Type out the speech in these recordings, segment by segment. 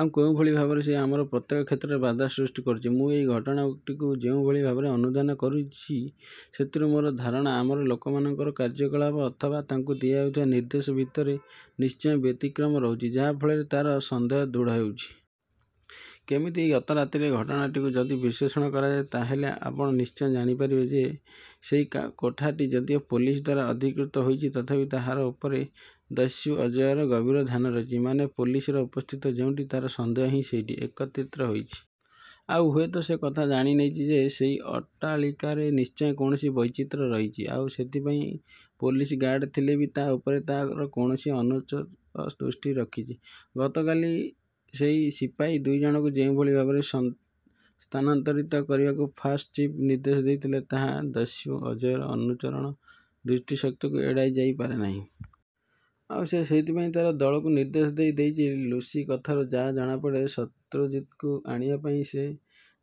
ଆଉ କେଉଁଭଳି ଭାବରେ ସେ ଆମର ପ୍ରତ୍ୟେକ କ୍ଷେତ୍ରରେ ବାଧା ସୃଷ୍ଟି କରୁଛି। ମୁଁ ଏହି ଘଟଣାଟିକୁ ଯେଉଁଭଳି ଭାବରେ ଅନୁଧ୍ୟାନ କରିଛି ସେଥିରୁ ମୋର ଧାରଣା ଆମର ଲୋକମାନଙ୍କର କାର୍ଯ୍ୟକଳାପ ଅଥବା ତାଙ୍କୁ ଦିଆଯାଉଥିବା ନିର୍ଦ୍ଦେଶ ଭିତରେ ନିଶ୍ଚୟ ବ୍ୟତିକ୍ରମ ରହୁଛି ଯାହା ଫଳରେ ତା’ର ସନ୍ଦେହ ଦୃଢ଼ ହେଉଛି। କେମିତି? ଗତରାତ୍ରିର ଘଟଣାଟିକୁ ଯଦି ବିଶ୍ଳେଷଣ କରାଯାଏ ତା’ ହେଲେ ଆପଣ ନିଶ୍ଚୟ ଜାଣିପାରିବେ ଯେ ସେହି କୋଠାଟି ଯଦିଓ ପୋଲିସ ଦ୍ୱାରା ଅଧିକୃତ ହୋଇଛି ତଥାପି ତାହାରି ଉପରେ ଦସ୍ୟୁ ଅଜୟର ଗଭୀର ଧ୍ୟାନ ରହିଛି। ମାନେ ପୋଲିସର ଉପସ୍ଥିତି ଯେଉଁଠି ତା’ର ସନ୍ଦେହ ହିଁ ସେଇଠି ଏକତ୍ରିତ ହୋଇଛି। ଆଉ ହୁଏତ ସେ କଥା ଜାଣିନେଇଛି ଯେ ସେହି ଅଟ୍ଟାଳିକାରେ ନିଶ୍ଚୟ କୌଣସି ବୈଚିତ୍ର୍ୟ ରହିଛି। ଆଉ ସେଇଥିପାଇଁ ପୋଲିସ ଗାର୍ଡ ଥିଲେ ବି ତା’ ଉପରେ ତା’ର କୌଣସି ଅନୁଚର ଦୃଷ୍ଟି ରଖିଛି। ଗତକାଲି ସେହି ସିପାହୀ ଦୁଇ ଜଣଙ୍କୁ ଯେଉଁଭଳି ଭାବରେ ସ୍ଥାନାନ୍ତରିତ କରିବାକୁ ଫାଷ୍ଟ ଚିଫ୍ ନିର୍ଦ୍ଦେଶ ଦେଇଥିଲେ ତାହା ଦସ୍ୟୁ ଅଜୟର ଅନୁଚରର ଦୃଷ୍ଟିଶକ୍ତିକୁ ଏଡ଼ାଇ ଯାଇ ପାରି ନାହିଁ। ଆଉ ସେ ସେଇଥିପାଇଁ ତା’ର ଦଳକୁ ନିର୍ଦ୍ଦେଶ ଦେଇ ଦେଇଛି। ଲୁସି କଥାରୁ ଯାହା ଜଣାପଡ଼େ ଶତ୍ରୁଜିତ୍‌ଙ୍କୁ ଆଣିବା ପାଇଁ ସେ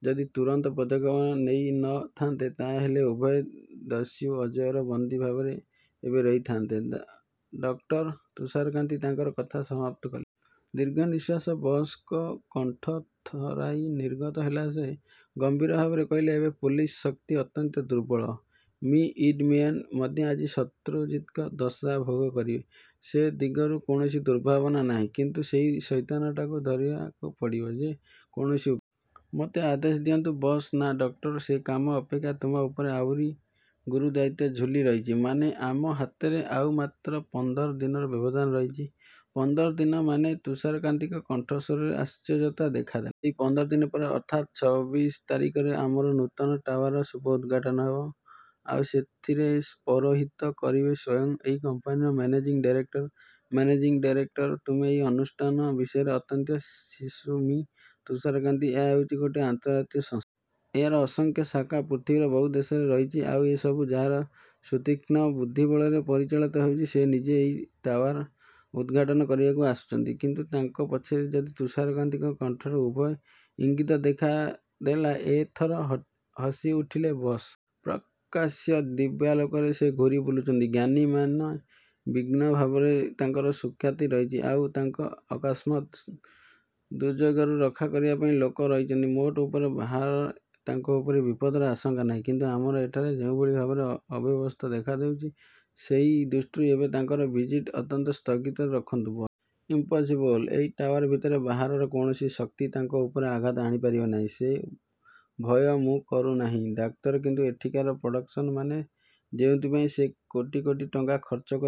ଯଦି ତୁରନ୍ତ ପଦକ୍ଷେପ ନେଇ ନ ଥାନ୍ତା ତା’ ହେଲେ ଉଭୟେ ଦସ୍ୟୁ ଅଜୟର ବନ୍ଦୀ ଭାବରେ ଏବେ ରହିଥାଆନ୍ତେ। ଡକ୍ଟର ତୁଷାରକାନ୍ତି ତାଙ୍କର କଥା ସମାପ୍ତ କଲେ। ଦୀର୍ଘନିଶ୍ୱାସ ବସ୍‌ଙ୍କ କଣ୍ଠ ଥରାଇ ନିର୍ଗତ ହେଲା। ସେ ଗମ୍ବୀର ଭାବରେ କହିଲେ ଏବେ ପୋଲିସ ଶକ୍ତି ଅତ୍ୟନ୍ତ ଦୁର୍ବଳ। ମି ଇଡମ୍ବିଏନ୍ ମଧ୍ୟ ଆଜି ଶତ୍ରୁଜିତ୍‌ଙ୍କ ଦଶା ଭୋଗ କରିବେ। ସେ ଦିଗରୁ କୌଣସି ଦୁର୍ଭାବନା ନାହିଁ କିନ୍ତୁ ସେହି ସୈତାନଟାକୁ ଧରିବାକୁ ପଡ଼ିବ ଯେ କୌଣସି ଉପାୟରେ। ମୋତେ ଆଦେଶ ଦିଅନ୍ତୁ ବସ୍। ନାଃ ଡକ୍ଟର। ସେ କାମ ଅପେକ୍ଷା ତୁମ ଉପରେ ଆହୁରି ଗୁରୁ ଦାୟିତ୍ୱ ଝୁଲି ରହିଛି। ମାନେ ଆମ ହାତରେ ଆଉ ମାତ୍ର ପନ୍ଦର ଦିନର ବ୍ୟବଧାନ ରହିଛି। ପନ୍ଦର ଦିନ ମାନେ? ତୁଷାରକାନ୍ତିଙ୍କ କଣ୍ଠସ୍ୱରରେ ଆଶ୍ଚର୍ଯ୍ୟତା ଦେଖା ଦେଲା। ସେହି ପନ୍ଦର ଦିନ ପରେ ଅର୍ଥାତ୍ ଛବିଶ ତାରିଖରେ ଆମର ନୂତନ ଟାୱାରର ଶୁଭ ଉଦ୍‌ଘାଟନ ହେବ। ଆଉ ସେଥିରେ ପୌରୋହିତ୍ୟ କରିବେ ସ୍ୱୟଂ ଏହି କମ୍ପାନୀର ମ୍ୟାନେଜିଂ ଡାଇରେକ୍ଟର। Managing director! ତୁମେ ଏ ଅନୁଷ୍ଠାନ ବିଷୟରେ ଅତ୍ୟନ୍ତ ଶିଶୁ ମି ତୁଷାରକାନ୍ତି। ଏହା ହେଉଛି ଗୋଟିଏ ଆନ୍ତର୍ଜାତୀୟ ସଂସ୍ଥା। ଏହାର ଅସଂଖ୍ୟ ଶାଖା ପୃଥିବୀର ବହୁ ଦେଶରେ ରହିଛି। ଆଉ ଏ ସବୁ ଯାହାର ସୁତୀକ୍ଷ୍ଣ ବୁଦ୍ଧିବଳରେ ପରିଚାଳିତ ହେଉଛି ସେହି ନିଜେ ଏହି ଟାୱାର୍ ଉଦ୍‌ଘାଟନ କରିବାକୁ ଆସୁଛନ୍ତି। କିନ୍ତୁ ତାଙ୍କ ପଛରେ ଯଦି ତୁଷାରକାନ୍ତିଙ୍କ କଣ୍ଠରେ ଭୟର ଇଙ୍ଗିତ ଦେଖା ଦେଲା। ଏ ଥର ହସିଉଠିଲେ ବସ୍। ପ୍ରକାଶ୍ୟ ଦିବାଲୋକରେ ସେ ଘୂରି ବୁଲୁଛନ୍ତି। ଜ୍ଞାନୀ ମାନୀ ବିଜ୍ଞ ଭାବରେ ତାଙ୍କର ସୁଖ୍ୟାତି ରହିଛି। ଆଉ ତାଙ୍କୁ ଅକସ୍ମାତ୍ ଦୁର୍ଯୋଗରୁ ରକ୍ଷା କରିବା ପାଇଁ ଲୋକ ରହିଛନ୍ତି। ମୋଟ ଉପରେ ବାହାରେ ତାଙ୍କ ଉପରେ ବିପଦର ଆଶଙ୍କା ନାହିଁ କିନ୍ତୁ ଆମର ଏଠାରେ ଯେଉଁଭଳି ଭାବରେ ଅବ୍ୟବସ୍ଥା ଦେଖା ଦେଇଛି ସେହି ଦୃଷ୍ଟିରୁ ଏବେ ତାଙ୍କର ଭିଜିଟ୍ ଅନ୍ତତଃ ସ୍ଥଗିତ ରଖନ୍ତୁ ବସ୍। ଇମ୍ପସିବଲ୍। ଏହି ଟାୱାର୍ ଭିତରେ ବାହାରର କୌଣସି ଶକ୍ତି ତାଙ୍କ ଉପରେ ଆଘାତ ଆଣିପାରିବ ନାହିଁ। ସେ ଭୟ ମୁଁ କରୁ ନାହିଁ ଡକ୍ଟର କିନ୍ତୁ ଏଠିକାର ପ୍ରଡକ୍ସନ୍ ମାନେ ଯେଉଁଥିପାଇଁ ସେ କୋଟି କୋଟି ଟଙ୍କା ଖର୍ଚ୍ଚ କରି